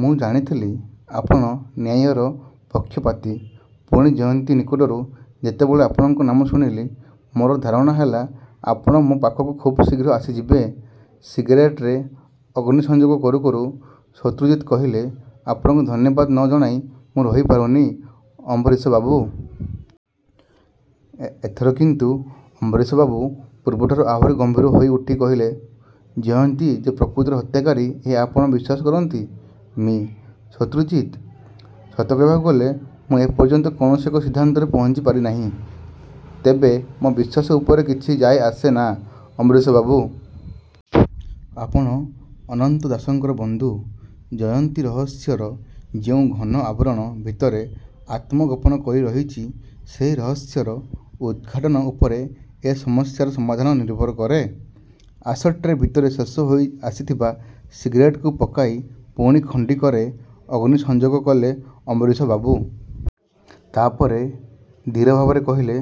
ମୁଁ ଜାଣିଥିଲି, ଆପଣ ନ୍ୟାୟର ପକ୍ଷପାତୀ। ପୁଣି ଜୟନ୍ତୀ ନିକଟରୁ ଯେତେବେଳେ ଆପଣଙ୍କର ନାମ ଶୁଣିଲି, ମୋର ଧାରଣା ହେଲା ଆପଣ ମୋ ପାଖକୁ ଖୁବ୍ ଶୀଘ୍ର ଆସିଯିବେ। ' ସିଗାରେଟରେ ଅଗ୍ନିସଂଯୋଗ କରୁ କରୁ ଶତ୍ରୁଜିତ କହିଲେ, 'ଆପଣଙ୍କୁ ଧନ୍ୟବାଦ ନ ଜଣାଇ ମୁଁ ରହିପାରୁନାହିଁ, ଅମ୍ବରୀଶବାବୁ। ଏଥର କିନ୍ତୁ ଅମ୍ବରୀଶବାବୁ ପୂର୍ବଠାରୁ ଆହୁରି ଗମ୍ଭୀର ହୋଇଉଠି କହିଲେ 'ଜୟନ୍ତୀ ଯେ ପ୍ରକୃତରେ ହତ୍ୟାକାରୀ ଏହା ଆପଣ ବିଶ୍ୱାସ କରନ୍ତି, ମି: ଶତ୍ରୁଜିତ? ' 'ସତ କହିବାକୁ ଗଲେ ମୁଁ ଏପର୍ଯ୍ୟନ୍ତ କୌଣସି ଏକ ସିଦ୍ଧାନ୍ତରେ ପହଞ୍ଚିପାରିନାହିଁ। ତେବେ ମୋ ବିଶ୍ୱାସ ଉପରେ କିଛି ଯାଏ ଆସେ ନା, ଅମ୍ବରୀଶବାବୁ! ଆପଣ ଅନନ୍ତ ଦାସଙ୍କର ବନ୍ଧୁ। ଜୟନ୍ତୀ ରହସ୍ୟର ଯେଉଁ ଘନ ଆବରଣ ଭିତରେ ଆତ୍ମଗୋପନ କରି ରହିଛି, ସେଇ ରହସ୍ୟର ଉଦ୍ଘାଟନ ଉପରେ ଏ ସମସ୍ୟାର ସମାଧାନ ନିର୍ଭର କରେ। ' ଆସଟ୍ରେ ଭିତରେ ଶେଷ ହେଇଆସିଥିବା ସିଗାରେଟକୁ ପକାଇ ପୁଣି ଖଣ୍ଡିକରେ ଅଗ୍ନି ସଂଯୋଗ କଲେ ଅମ୍ବରୀଶବାବୁ। ତା'ପରେ ଧୀର ଭାବରେ କହିଲେ,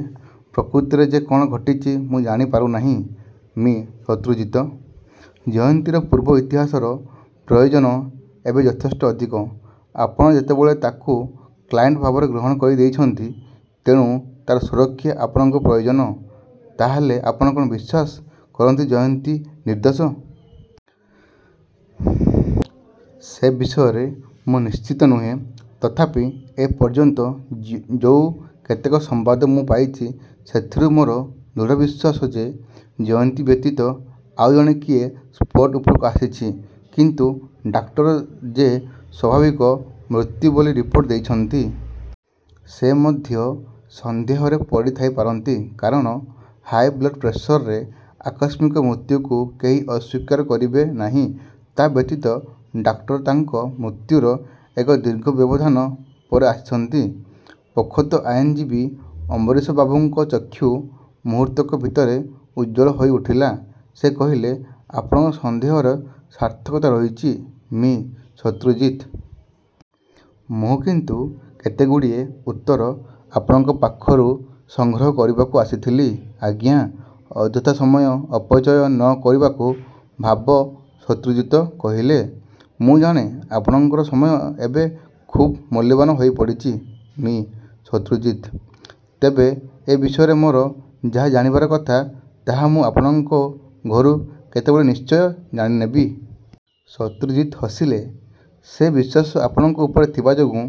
'ପ୍ରକୃତରେ ଯେ କ'ଣ ଘଟିଛି ମୁଁ ଜାଣିପାରୁନାହିଁ, ମି: ଶତ୍ରୁଜିତ! ' 'ଜୟନ୍ତୀର ପୂର୍ବ ଇତିହାସର ପ୍ରୟୋଜନ ଏବେ ଯଥେଷ୍ଟ ଅଧିକ। ଆପଣ ଯେତେବେଳେ ତାକୁ କ୍ଲାଏଣ୍ଟ ଭାବରେ ଗ୍ରହଣ କରିଦେଇଛନ୍ତି, ତେଣୁ ତା'ର ସୁରକ୍ଷା ଆପଣଙ୍କର ପ୍ରୟୋଜନ। ' 'ତା'ହେଲେ ଆପଣ କ'ଣ ବିଶ୍ୱାସ କରନ୍ତି ଜୟନ୍ତୀ ନିର୍ଦ୍ଦୋଷ? ' 'ସେ ବିଷୟରେ ମୁଁ ନିଶ୍ଚିତ ନୁହେଁ। ତଥାପି ଏପର୍ଯ୍ୟନ୍ତ ଯୋଉ କେତେକ ସମ୍ବାଦ ମୁଁ ପାଇଛି ସେଥିରୁ ମୋର ଦୃଢ ବିଶ୍ୱାସ ଯେ ଜୟନ୍ତୀ ବ୍ୟତୀତ ଆଉ ଜଣେ କିଏ ସ୍ପଟ୍ ଉପରକୁ ଆସିଛି। ' 'କିନ୍ତୁ ଡାକ୍ତର ଯେ ସ୍ୱାଭାବିକ ମୃତ୍ୟୁ ବୋଲି ରିପୋର୍ଟ ଦେଇଛନ୍ତି! ' 'ସେ ମଧ୍ୟ ସନ୍ଦେହରେ ପଡ଼ିଥାଇପାରନ୍ତି। କାରଣ ହାଇବ୍ଲଡ୍ପ୍ରେସରରେ ଆକସ୍ମିକ ମୃତ୍ୟୁକୁ କେହି ଅସ୍ୱୀକାର କରିବେ ନାହିଁ। ତା' ବ୍ୟତୀତ ଡାକ୍ତର ତାଙ୍କ ମୃତ୍ୟୁର ଏକ ଦୀର୍ଘ ବ୍ୟବଧାନ ପରେ ଆସିଛନ୍ତି। ' ପୋଖତ ଆଇନଜୀବୀ ଅମ୍ବରୀଶବାବୁଙ୍କ ଚକ୍ଷୁ ମୁହୂର୍ତ୍ତକ ଭିତରେ ଉଜ୍ଜ୍ୱଳ ହୋଇଉଠିଲା-। ସେ କହିଲେ, 'ଆପଣଙ୍କ ସନ୍ଦେହର ସାର୍ଥକତା ରହିଛି, ମି: ଶତ୍ରୁଜିତ! ' 'ମୁଁ କିନ୍ତୁ କେତେଗୁଡ଼ିଏ ଉତ୍ତର ଆପଣଙ୍କ ପାଖରୁ ସଂଗ୍ରହ କରିବାକୁ ଆସିଥିଲି, ଆଜ୍ଞା! ' ଅଯଥା ସମୟ ଅପଚୟ ନ କରିବାକୁ ଭାବ ଶତ୍ରୁଜିତ କହିଲେ। 'ମୁଁ ଜାଣେ ଆପଣଙ୍କର ସମୟ ଏବେ ଖୁବ୍ ମୂଲ୍ୟବାନ ହୋଇପଡ଼ିଚି, ମି: ଶତ୍ରୁଜିତ! ତେବେ ଏ ବିଷୟରେ ମୋର ଯାହା ଜାଣିବାର କଥା, ତାହା ମୁଁ ଆପଣଙ୍କ ଘରୁ କେତେବେଳେ ନିଶ୍ଚୟ ଜାଣିନେବି। ' ଶତ୍ରୁଜିତ ହସିଲେ, ସେଇ ବିଶ୍ୱାସ ଆପଣଙ୍କ ଉପରେ ଥିବାଯୋଗୁଁ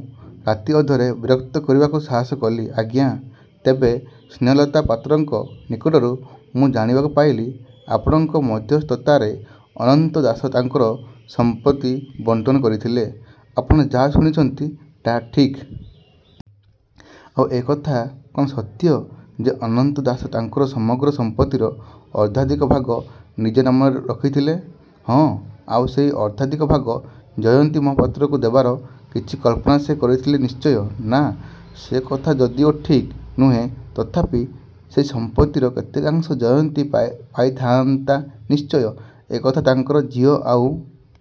ରାତିଅଧରେ ବିରକ୍ତ କରିବାକୁ ସାହସ କଲି, ଆଜ୍ଞା! ତେବେ ସ୍ନେହଲତା ପାତ୍ରଙ୍କ ନିକଟରୁ ମୁଁ ଜାଣିବାକୁ ପାଇଲି, ଆପଣଙ୍କ ମଧ୍ୟସ୍ଥତାରେ ଅନନ୍ତ ଦାସ ତାଙ୍କର ସମ୍ପତ୍ତି ବଣ୍ଟନ କରିଥିଲେ। ' 'ଆପଣ ଯାହା ଶୁଣିଛନ୍ତି, ତାହା ଠିକ୍। ' 'ଆଉ ଏକଥା କ'ଣ ସତ୍ୟ ଯେ ଅନନ୍ତ ଦାସ ତାଙ୍କର ସମଗ୍ର ସମ୍ପତ୍ତିର ଅର୍ଦ୍ଧାଧିକ ଭାଗ ନିଜ ନାମରେ ରଖିଥିଲେ? ' 'ହଁ। ' 'ଆଉ ସେଇ ଅର୍ଦ୍ଧାଧିକ ଭାଗ ଜୟନ୍ତୀ ମହାପାତ୍ରକୁ ଦେବାର କିଛି କଳ୍ପନା ସେ କରିଥିଲେ ନିଶ୍ଚୟ। ' 'ନା, ସେକଥା ଯଦିଓ ଠିକ୍ ନୁହେଁ, ତଥାପି ସେଇ ସମ୍ପତ୍ତିରେ କେତେକାଂଶ ଜୟନ୍ତୀ ପାଇଥାଆନ୍ତା ନିଶ୍ଚୟ। ' 'ଏକଥା ତାଙ୍କର ଝିଅ ଆଉ